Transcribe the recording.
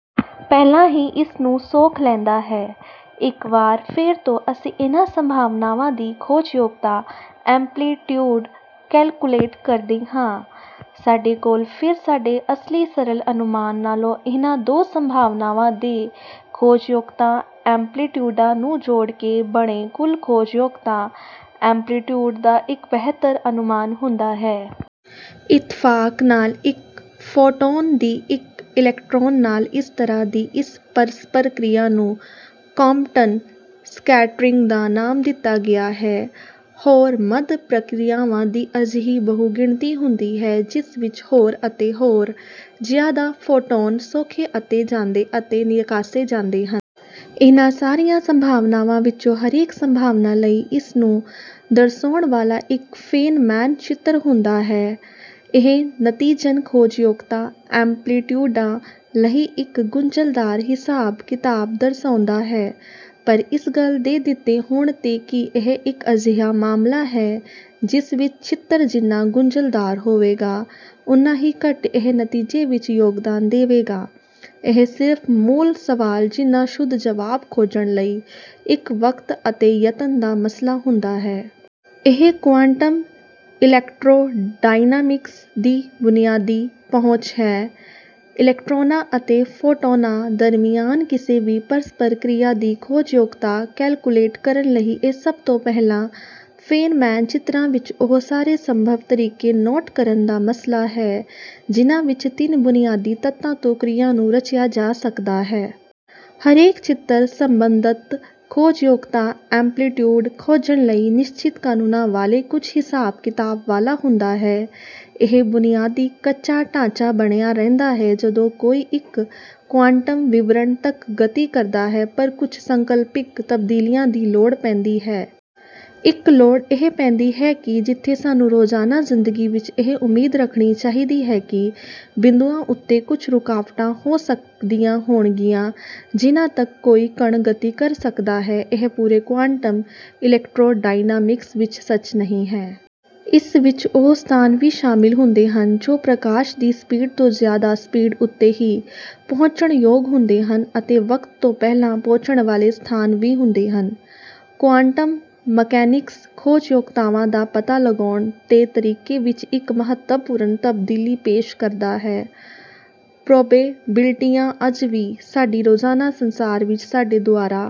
ਪਹਿਲਾਂ ਹੀ ਇਸ ਨੂੰ ਸੋਖ ਲੈਂਦਾ ਹੈ। ਇੱਕ ਵਾਰ ਫੇਰ ਤੋਂ ਅਸੀਂ ਇਹਨਾਂ ਸੰਭਾਵਨਾਵਾਂ ਦੀ ਖੋਜਯੋਗਤਾ ਐਂਪਲੀਟਿਊਡ ਕੈਲਕੁਲੇਟ ਕਰਦੇ ਹਾਂ। ਸਾਡੇ ਕੋਲ ਫੇਰ ਸਾਡੇ ਅਸਲੀ ਸਰਲ ਅਨੁਮਾਨ ਨਾਲੋਂ ਇਹਨਾਂ ਦੋ ਸੰਭਾਵਨਾਵਾਂ ਦੇ ਖੋਜਯੋਗਤਾ ਐਂਪਲੀਟਿਊਡਾਂ ਨੂੰ ਜੋੜ ਕੇ ਬਣੇ ਕੁੱਲ ਖੋਜਯੋਗਤਾ ਐਂਪਲੀਟਿਊਡ ਦਾ ਇੱਕ ਬੇਹਤਰ ਅਨੁਮਾਨ ਹੁੰਦਾ ਹੈ। ਇਤਫਾਕ ਨਾਲ ਇੱਕ ਫੋਟੌਨ ਦੀ ਇੱਕ ਇਲੈਕਟ੍ਰੌਨ ਨਾਲ ਇਸ ਤਰ੍ਹਾਂ ਦੀ ਇਸ ਪਰਸਪਰ ਕ੍ਰਿਆ ਨੂੰ ਕੌਂਪਟਨ ਸਕੈਟਰਿੰਗ ਦਾ ਨਾਮ ਦਿੱਤਾ ਗਿਆ ਹੈ। ਹੋਰ ਮੱਧ ਪ੍ਰਕ੍ਰਿਆਵਾਂ ਦੀ ਅਜਿਹੀ ਬਹੁਗਿਣਤੀ ਹੁੰਦੀ ਹੈ ਜਿਸ ਵਿੱਚ ਹੋਰ ਅਤੇ ਹੋਰ ਜਿਆਦਾ ਫੋਟੌਨ ਸੌਖੇ ਅਤੇ ਜਾਂਦੇ ਅਤੇ ਨਿਕਾਸੇ ਜਾਂਦੇ ਹਨ। ਇਹਨਾਂ ਸਾਰੀਆਂ ਸੰਭਾਵਨਾਵਾਂ ਵਿੱਚੋਂ ਹਰੇਕ ਸੰਭਾਵਨਾ ਲਈ ਇਸ ਨੂੰ ਦਰਸਾਉਣ ਵਾਲਾ ਇੱਕ ਫੇਨਮੈਨ ਚਿੱਤਰ ਹੁੰਦਾ ਹੈ। ਇਹ ਨਤੀਜਨ ਖੋਜਯੋਗਤਾ ਐਂਪਲੀਟਿਊਡਾਂ ਲਈ ਇੱਕ ਗੁੰਝਲਦਾਰ ਹਿਸਾਬ ਕਿਤਾਬ ਦਰਸਾਉਂਦਾ ਹੈ ਪਰ ਇਸ ਗੱਲ ਦੇ ਦਿੱਤੇ ਹੋਣ ਤੇ ਕਿ ਇਹ ਇੱਕ ਅਜਿਹਾ ਮਾਮਲਾ ਹੈ ਜਿਸ ਵਿੱਚ ਚਿੱਤਰ ਜਿੰਨਾ ਗੁੰਝਲਦਾਰ ਹੋਵੇਗਾ ਉੰਨਾ ਹੀ ਘੱਟ ਇਹ ਨਤੀਜੇ ਵਿੱਚ ਯੋਗਦਾਨ ਦੇਵੇਗਾ ਇਹ ਸਿਰਫ ਮੂਲ ਸਵਾਲ ਜਿੰਨਾ ਸ਼ੁੱਧ ਜਵਾਬ ਖੋਜਣ ਲਈ ਇੱਕ ਵਕਤ ਅਤੇ ਯਤਨ ਦਾ ਮਸਲਾ ਹੁੰਦਾ ਹੈ। ਇਹ ਕੁਆਂਟਮ ਇਲੈਕਟ੍ਰੋਡਾਇਨਾਮਿਕਸ ਦੀ ਬੁਨਿਆਦੀ ਪਹੁੰਚ ਹੈ। ਇਲੈਕਟ੍ਰੌਨਾਂ ਅਤੇ ਫੋਟੌਨਾਂ ਦਰਮਿਆਨ ਕਿਸੇ ਵੀ ਪਰਸਪਰ ਕ੍ਰਿਆ ਦੀ ਖੋਜਯੋਗਤਾ ਕੈਲਕੁਲੇਟ ਕਰਨ ਲਈ ਇਹ ਸਭ ਤੋਂ ਪਹਿਲਾਂ ਫੇਨਮੈਨ ਚਿੱਤਰਾਂ ਵਿੱਚ ਉਹ ਸਾਰੇ ਸੰਭਵ ਤਰੀਕੇ ਨੋਟ ਕਰਨ ਦਾ ਮਸਲਾ ਹੈ ਜਿਹਨਾਂ ਵਿੱਚ ਤਿੰਨ ਬੁਨਿਆਦੀ ਤੱਤਾਂ ਤੋਂ ਕ੍ਰਿਆ ਨੂੰ ਰਚਿਆ ਜਾ ਸਕਦਾ ਹੈ। ਹਰੇਕ ਚਿੱਤਰ ਸਬੰਧਤ ਖੋਜਯੋਗਤਾ ਐਂਪਲੀਟਿਊਡ ਖੋਜਣ ਲਈ ਨਿਸ਼ਚਿਤ ਕਨੂੰਨਾਂ ਵਾਲੇ ਕੁੱਝ ਹਿਸਾਬ ਕਿਤਾਬ ਵਾਲਾ ਹੁੰਦਾ ਹੈ। ਇਹ ਬੁਨਿਆਦੀ ਕੱਚਾ ਢਾਂਚਾ ਬਣਿਆ ਰਹਿੰਦਾ ਹੈ ਜਦੋਂ ਕੋਈ ਇੱਕ ਕੁਆਂਟਮ ਵਿਵਰਣ ਤੱਕ ਗਤੀ ਕਰਦਾ ਹੈ ਪਰ ਕੁੱਝ ਸੰਕਲਪਿਕ ਤਬਦੀਲੀਆਂ ਦੀ ਲੋੜ ਪੈਂਦੀ ਹੈ। ਇੱਕ ਲੋੜ ਇਹ ਪੈਂਦੀ ਹੈ ਕਿ ਜਿੱਥੇ ਸਾਨੂੰ ਰੋਜ਼ਾਨਾ ਜਿੰਦਗੀ ਵਿੱਚ ਇਹ ਉਮੀਦ ਰੱਖਣੀ ਚਾਹੀਦੀ ਹੈ ਕਿ ਬਿੰਦੂਆਂ ਉੱਤੇ ਕੁੱਝ ਰੁਕਾਵਟਾਂ ਹੋ ਸਕਦੀਆਂ ਹੋਣਗੀਆਂ ਜਿਹਨਾਂ ਤੱਕ ਕੋਈ ਕਣ ਗਤੀ ਕਰ ਸਕਦਾ ਹੈ ਇਹ ਪੂਰੇ ਕੁਆਂਟਮ ਇਲੈਕਟ੍ਰੋਡਾਇਨਾਮਿਕਸ ਵਿੱਚ ਸੱਚ ਨਹੀਂ ਹੈ। ਇਸ ਵਿੱਚ ਉਹ ਸਥਾਨ ਵੀ ਸ਼ਾਮਿਲ ਹੁੰਦੇ ਹਨ ਜੋ ਪ੍ਰਕਾਸ਼ ਦੀ ਸਪੀਡ ਤੋਂ ਜਿਆਦਾ ਸਪੀਡ ਉੱਤੇ ਹੀ ਪਹੁੰਚਣਯੋਗ ਹੁੰਦੇ ਹਨ ਅਤੇ ਵਕਤ ਤੋਂ ਪਹਿਲਾਂ ਪਹੁੰਚਣ ਵਾਲੇ ਸਥਾਨ ਵੀ ਹੁੰਦੇ ਹਨ। ਕੁਆਂਟਮ ਮਕੈਨਿਕਸ ਖੋਜਯੋਗਤਾਵਾਂ ਦਾ ਪਤਾ ਲਗਾਉਣ ਦੇ ਤਰੀਕੇ ਵਿੱਚ ਇੱਕ ਮਹੱਤਵਪੂਰਨ ਤਬਦੀਲੀ ਪੇਸ਼ ਕਰਦਾ ਹੈ। ਪ੍ਰੋਬੇਬਿਲਟੀਆਂ ਅਜ ਵੀ ਸਾਡੀ ਰੋਜ਼ਾਨਾ ਸੰਸਾਰ ਵਿੱਚ ਸਾਡੇ ਦੁਆਰਾ